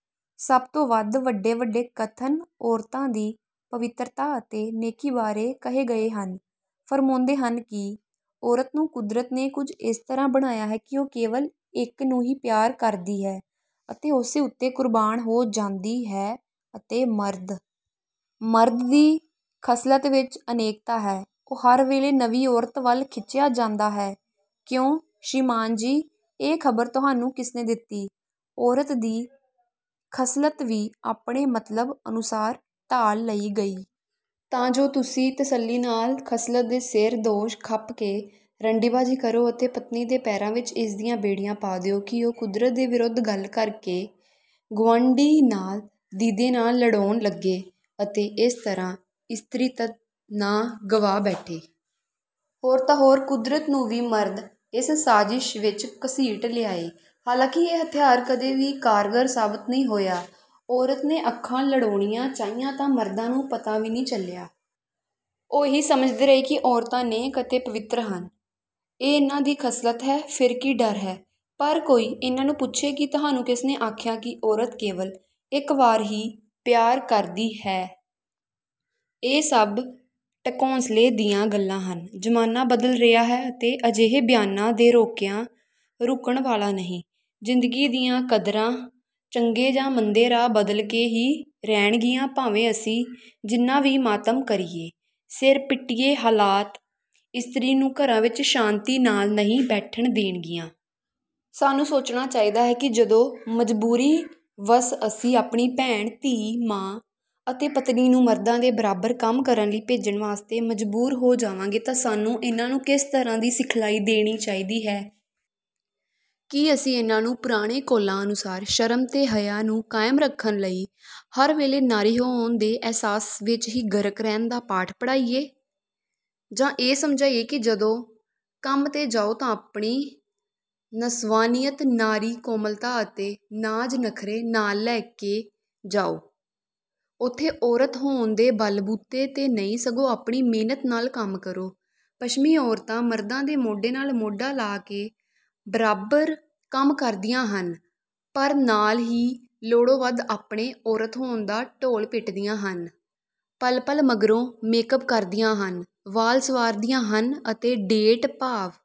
ਸਭ ਤੋਂ ਵੱਧ ਵੱਡੇ ਵੱਡੇ ਕਥਨ ਔਰਤਾਂ ਦੀ ਪਵਿੱਤਰਤਾ ਅਤੇ ਨੇਕੀ ਬਾਰੇ ਕਹੇ ਗਏ ਹਨ। ਫ਼ਰਮਾਉਂਦੇ ਹਨ ਕਿ 'ਔਰਤ ਨੂੰ ਕੁਦਰਤ ਨੇ ਕੁਝ ਇਸ ਤਰ੍ਹਾਂ ਬਣਾਇਆ ਹੈ ਕਿ ਉਹ ਕੇਵਲ ਇੱਕ ਨੂੰ ਹੀ ਪਿਆਰ ਕਰਦੀ ਹੈ ਅਤੇ ਉਸੇ ਉੱਤੇ ਕੁਰਬਾਨ ਹੋ ਜਾਂਦੀ ਹੈ'ਅਤੇ ਮਰਦ! 'ਮਰਦ ਦੀ ਖਸਲਤ ਵਿੱਚ 'ਅਨੇਕਤਾ' ਹੈ। ਉਹ ਹਰ ਵੇਲੇ ਨਵੀਂ ਔਰਤ ਵੱਲ ਖਿੱਚਿਆ ਜਾਂਦਾ ਹੈ।' ਕਿਉਂ ਸ੍ਰੀਮਾਨ ਜੀ ਇਹ ਖ਼ਬਰ ਤੁਹਾਨੂੰ ਕਿਸਨੇ ਦਿੱਤੀ? ਔਰਤ ਦੀ ਖਸਲਤ ਵੀ ਆਪਣੇ ਮਤਲਬ ਅਨੁਸਾਰ ਢਾਲ ਲਈ ਗਈ ਤਾਂ ਜੋ ਤੁਸੀਂ ਤਸੱਲੀ ਨਾਲ ਖਸਲਤ ਦੇ ਸਿਰ ਦੋਸ਼ ਥੱਪ ਕੇ 'ਰੰਡੀ-ਬਾਜ਼ੀ' ਕਰੋ ਅਤੇ ਪਤਨੀ ਦੇ ਪੈਰਾਂ ਵਿੱਚ ਇਸ ਦੀਆਂ ਬੇੜੀਆਂ ਪਾ ਦਿਓ ਕਿ ਉਹ ਕੁਦਰਤ ਦੇ ਵਿਰੁੱਧ ਗੱਲ ਕਰਕੇ, ਗਵਾਂਢੀ ਨਾਲ ਦੀਦੇ ਨਾ ਲੜਾਉਣ ਲੱਗੇ ਅਤੇ ਇਸ ਤਰ੍ਹਾਂ 'ਇਸਤਰੀਤਵ' ਨਾ ਗਵਾ ਬੈਠੇ। ਹੋਰ ਤਾਂ ਹੋਰ ਕੁਦਰਤ ਨੂੰ ਵੀ ਮਰਦ ਇਸ ਸਾਜ਼ਿਸ਼ ਵਿੱਚ ਘਸੀਟ ਲਿਆਏ। ਹਾਲਾਂਕਿ ਇਹ ਹਥਿਆਰ ਕਦੇ ਵੀ ਕਾਰਗਰ ਸਾਬਤ ਨਹੀਂ ਹੋਇਆ। ਔਰਤ ਨੇ ਅੱਖਾਂ ਲੜਾਉਣੀਆਂ ਚਾਹੀਆਂ ਤਾਂ ਮਰਦਾਂ ਨੂੰ ਪਤਾ ਵੀ ਨਾ ਚੱਲਿਆ। ਉਹ, ਇਹੀ ਸਮਝਦੇ ਰਹੇ ਕਿ ਔਰਤਾਂ ਨੇਕ ਅਤੇ ਪਵਿੱਤਰ ਹਨ। ਇਹ ਇਹਨਾਂ ਦੀ ਖਸਲਤ ਹੈ। ਫਿਰ ਕੀ ਡਰ ਹੈ? ਪਰ ਕੋਈ ਇਹਨਾਂ ਨੂੰ ਪੁੱਛੇ ਕਿ ਤੁਹਾਨੂੰ ਕਿਸ ਨੇ ਆਖਿਆ ਕਿ ਔਰਤ ਕੇਵਲ ਇੱਕ ਵਾਰ ਹੀ ਪਿਆਰ ਕਰਦੀ ਹੈ? ਇਹ ਸਭ ਢਕੌਂਸਲੇ ਦੀਆਂ ਗੱਲਾਂ ਹਨ। ਜ਼ਮਾਨਾ ਬਦਲ ਰਿਹਾ ਹੈ ਅਤੇ ਅਜਿਹੇ ਬਿਆਨਾਂ ਦੇ ਰੋਕਿਆਂ, ਰੁਕਣ ਵਾਲਾ ਨਹੀਂ। ਜ਼ਿੰਦਗੀ ਦੀਆਂ ਕਦਰਾਂ ਚੰਗੇ ਜਾਂ ਮੰਦੇ ਰਾਹ ਬਦਲ ਕੇ ਹੀ ਰਹਿਣਗੀਆਂ ਭਾਵੇਂ ਅਸੀਂ ਜਿੰਨਾ ਵੀ ਮਾਤਮ ਕਰੀਏ, ਸਿਰ ਪਿੱਟੀਏ, ਹਾਲਾਤ, ਇਸਤਰੀ ਨੂੰ ਘਰਾਂ ਵਿੱਚ ਸ਼ਾਂਤੀ ਨਾਲ ਨਹੀਂ ਬੈਠਣ ਦੇਣਗੀਆਂ। ਸਾਨੂੰ ਸੋਚਣਾ ਚਾਹੀਦਾ ਹੈ ਕਿ ਜਦੋਂ ਮਜਬੂਰੀ-ਵਸ ਅਸੀਂ ਆਪਣੀ ਭੈਣ, ਧੀ, ਮਾਂ ਅਤੇ ਪਤਨੀ ਨੂੰ ਮਰਦਾਂ ਦੇ ਬਰਾਬਰ ਕੰਮ ਕਰਨ ਲਈ ਭੇਜਣ ਵਾਸਤੇ ਮਜਬੂਰ ਹੋ ਜਾਵਾਂਗੇ ਤਾਂ ਸਾਨੂੰ ਇਹਨਾਂ ਨੂੰ ਕਿਸ ਤਰ੍ਹਾਂ ਦੀ ਸਿਖਲਾਈ ਦੇਣੀ ਚਾਹੀਦੀ ਹੈ। ਕੀ ਅਸੀਂ ਇਹਨਾਂ ਨੂੰ ਪੁਰਾਣੇ ਕੌਲਾਂ ਅਨੁਸਾਰ ਸ਼ਰਮ ਤੇ ਹਯਾ ਨੂੰ ਕਾਇਮ ਰੱਖਣ ਲਈ ਹਰ ਵੇਲੇ 'ਨਾਰੀ' ਹੋਣ ਦੇ ਅਹਿਸਾਸ ਵਿੱਚ ਹੀ ਗਰਕ ਰਹਿਣ ਦਾ ਪਾਠ ਪੜ੍ਹਾਈਏ। ਜਾਂ ਇਹ ਸਮਝਾਈਏ ਕਿ ਜਦੋਂ ਕੰਮ 'ਤੇ ਜਾਓ ਤਾਂ ਆਪਣੀ ਨਸਵਾਨੀਅਤ, ਨਾਰੀ-ਕੋਮਲਤਾ ਅਤੇ ਨਾਜ਼-ਨਖ਼ਰੇ, ਨਾਲ ਨਾ ਲੈ ਕੇ ਜਾਓ। ਉੱਥੇ 'ਔਰਤ' ਹੋਣ ਦੇ ਬਲ-ਬੂਤੇ 'ਤੇ ਨਹੀਂ ਸਗੋਂ ਆਪਣੀ ਮਿਹਨਤ ਨਾਲ ਕੰਮ ਕਰੋ। ਪੱਛਮੀ ਔਰਤਾਂ ਮਰਦਾਂ ਦੇ 'ਮੋਢੇ ਨਾਲ ਮੋਢਾ' ਲਾ ਕੇ ਬਰਾਬਰ ਕੰਮ ਕਰਦੀਆਂ ਹਨ ਪਰ ਨਾਲ ਹੀ ਲੋੜੋਂ ਵੱਧ ਆਪਣੇ ਔਰਤ ਹੋਣ ਦਾ ਢੋਲ ਪਿੱਟਦੀਆਂ ਹਨ। ਪਲ-ਪਲ ਮਗਰੋਂ ਮੇਕ-ਅੱਪ ਕਰਦੀਆਂ ਹਨ। ਵਾਲ ਸੰਵਾਰਦੀਆਂ ਹਨ ਅਤੇ 'ਡੇਟ' ਭਾਵ